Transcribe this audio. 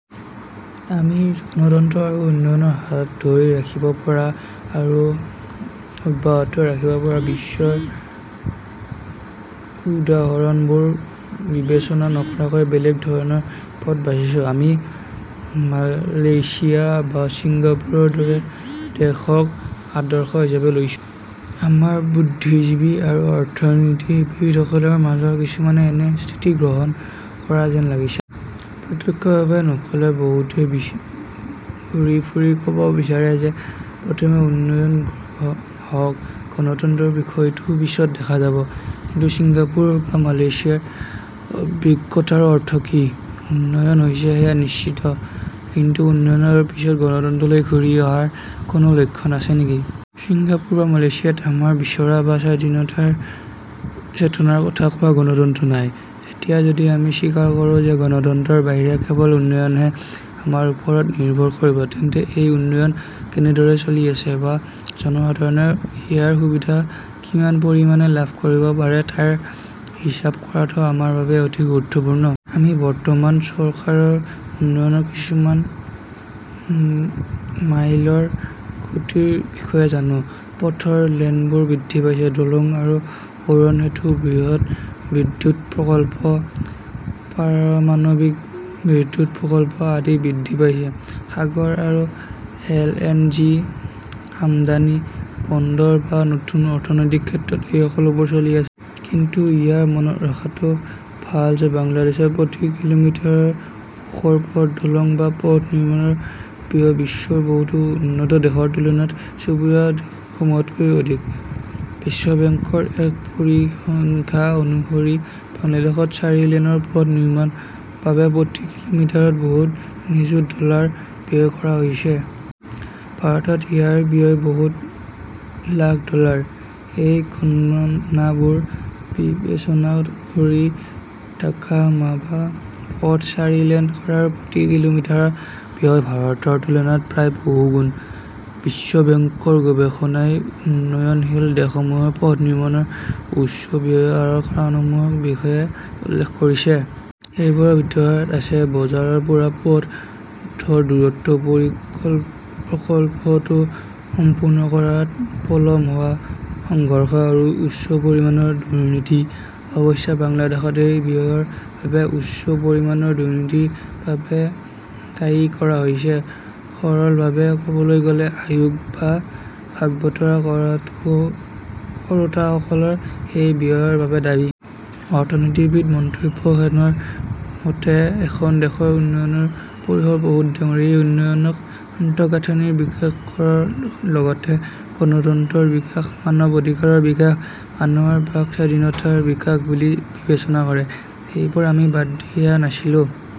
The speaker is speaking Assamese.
আমি গণতন্ত্ৰ আৰু উন্নয়নৰ হাত ধৰি ৰাখিব পৰা আৰু অব্যাহত ৰাখিব পৰা বিশ্বৰ উদাহৰণবোৰ বিবেচনা নকৰাকৈ বেলেগ ধৰণৰ পথ বছিছোঁ। আমি মালয়েছিয়া বা ছিংগাপুৰৰ দৰে দেশক আদৰ্শ হিচাপে লৈছো। আমাৰ বুদ্ধিজীৱী আৰু অৰ্থনীতিবিদসকলৰ মাজৰ কিছুমানে এনে স্থিতি গ্ৰহণ কৰা যেন লাগিছে। প্ৰত্যক্ষভাৱে নক'লেও, বহুতে ঘূৰি ফুৰি ক'ব বিচাৰে যে প্ৰথমে উন্নয়ন হওক, গণতন্ত্ৰৰ বিষয়টো পিছত দেখা যাব। কিন্তু ছিংগাপুৰ বা মালয়েছিয়াৰ অভিজ্ঞতাৰ অৰ্থ কি? উন্নয়ন হৈছে সেয়া নিশ্চিত, কিন্তু উন্নয়নৰ পিছত গণতন্ত্ৰলৈ ঘূৰি অহাৰ কোনো লক্ষণ আছে নেকি? ছিংগাপুৰ বা মালয়েছিয়াত আমাৰ বিচৰা বা স্বাধীনতাৰ চেতনাৰ কথা কোৱা গণতন্ত্ৰ নাই। এতিয়া যদি আমি স্বীকাৰ কৰোঁ যে গণতন্ত্ৰৰ বাহিৰে কেৱল উন্নয়নহে আমাৰ ওপৰত নিৰ্ভৰ কৰিব, তেন্তে সেই উন্নয়ন কেনেদৰে চলি আছে বা জনসাধাৰণে ইয়াৰ সুবিধা কিমান পৰিমাণে লাভ কৰিব পাৰে তাৰ হিচাপ কৰাটো আমাৰ বাবে অতি গুৰুত্বপূৰ্ণ। আমি বৰ্তমান চৰকাৰৰ উন্নয়নৰ কিছুমান মাইলৰ খুঁটিৰ বিষয়ে জানো। পথৰ লেনবোৰ বৃদ্ধি পাইছে, দলং আৰু উৰণ সেতু, বৃহৎ বিদ্যুৎ প্ৰকল্প, পাৰমাণৱিক বিদ্যুৎ প্ৰকল্প আদি বৃদ্ধি পাইছে। সাগৰ আৰু এল. এন. জি. আমদানি, বন্দৰ বা নতুন অৰ্থনৈতিক ক্ষেত্ৰত এই সকলোবোৰ চলি আছে। কিন্তু ইয়াত মনত ৰখাটো ভাল যে বাংলাদেশত প্ৰতি কিলোমিটাৰ শপ পথ, দলং বা পথ নিৰ্মাণৰ ব্যয় বিশ্বৰ বহুতো উন্নত দেশৰ তুলনাত চুবুৰীয়া দেশসমূহতকৈ অধিক। বিশ্ববেংকৰ এক পৰিসংখ্যা অনুসৰি বাংলাদেশত চাৰি লেনৰ পথ নিৰ্মাণ বাবে প্ৰতি কিলোমিটাৰত বহুত নিযুত ডলাৰ ব্যয় কৰা হৈছে। ভাৰতত ইয়াৰ ব্যয় বহুত লাখ ডলাৰ। এই গণনাবোৰ বিবেচনা কৰি, ঢাকা-মাৱা পথ চাৰি লেন কৰাৰ প্ৰতি কিলোমিটাৰ ব্যয় ভাৰতৰ তুলনাত প্ৰায় বহু গুণ। বিশ্ব বেংকৰ গৱেষণাই উন্নয়নশীল দেশসমূহত পথ নিৰ্মাণৰ উচ্চ ব্যয়ৰ আঁৰৰ কাৰণসমূহৰ বিষয়ে উল্লেখ কৰিছে। সেইবোৰৰ ভিতৰত আছে, বজাৰৰ পৰা পথৰ দূৰত্ব, প্ৰকল্পটো সম্পূৰ্ণ কৰাত পলম হোৱা, সংঘৰ্ষ আৰু উচ্চ পৰিমাণৰ দুৰ্নীতি। অৱশ্যে, বাংলাদেশত এই ব্যয়ৰ বাবে উচ্চ পৰিমাণৰ দুৰ্নীতিৰ বাবে দায়ী কৰা হৈছে। সৰলভাৱে ক'বলৈ গ'লে, আয়োগ বা ভাগ-বতৰা কৰোঁতাসকলৰ এই ব্যয়ৰ বাবে দায়ী। অৰ্থনীতিবিদ মন্তব্য সেনৰ মতে এখন দেশৰ উন্নয়নৰ পৰিসৰ বহুত ডাঙৰ। তেওঁ উন্নয়নক আন্তঃগাঁথনিৰ বিকাশৰ লগতে গণতন্ত্ৰৰ বিকাশ, মানৱ অধিকাৰৰ বিকাশ, মানুহৰ বাক স্বাধীনতাৰ বিকাশ বুলি বিবেচনা কৰে। সেইবোৰ আমি বাদ দিয়া নাছিলোঁ।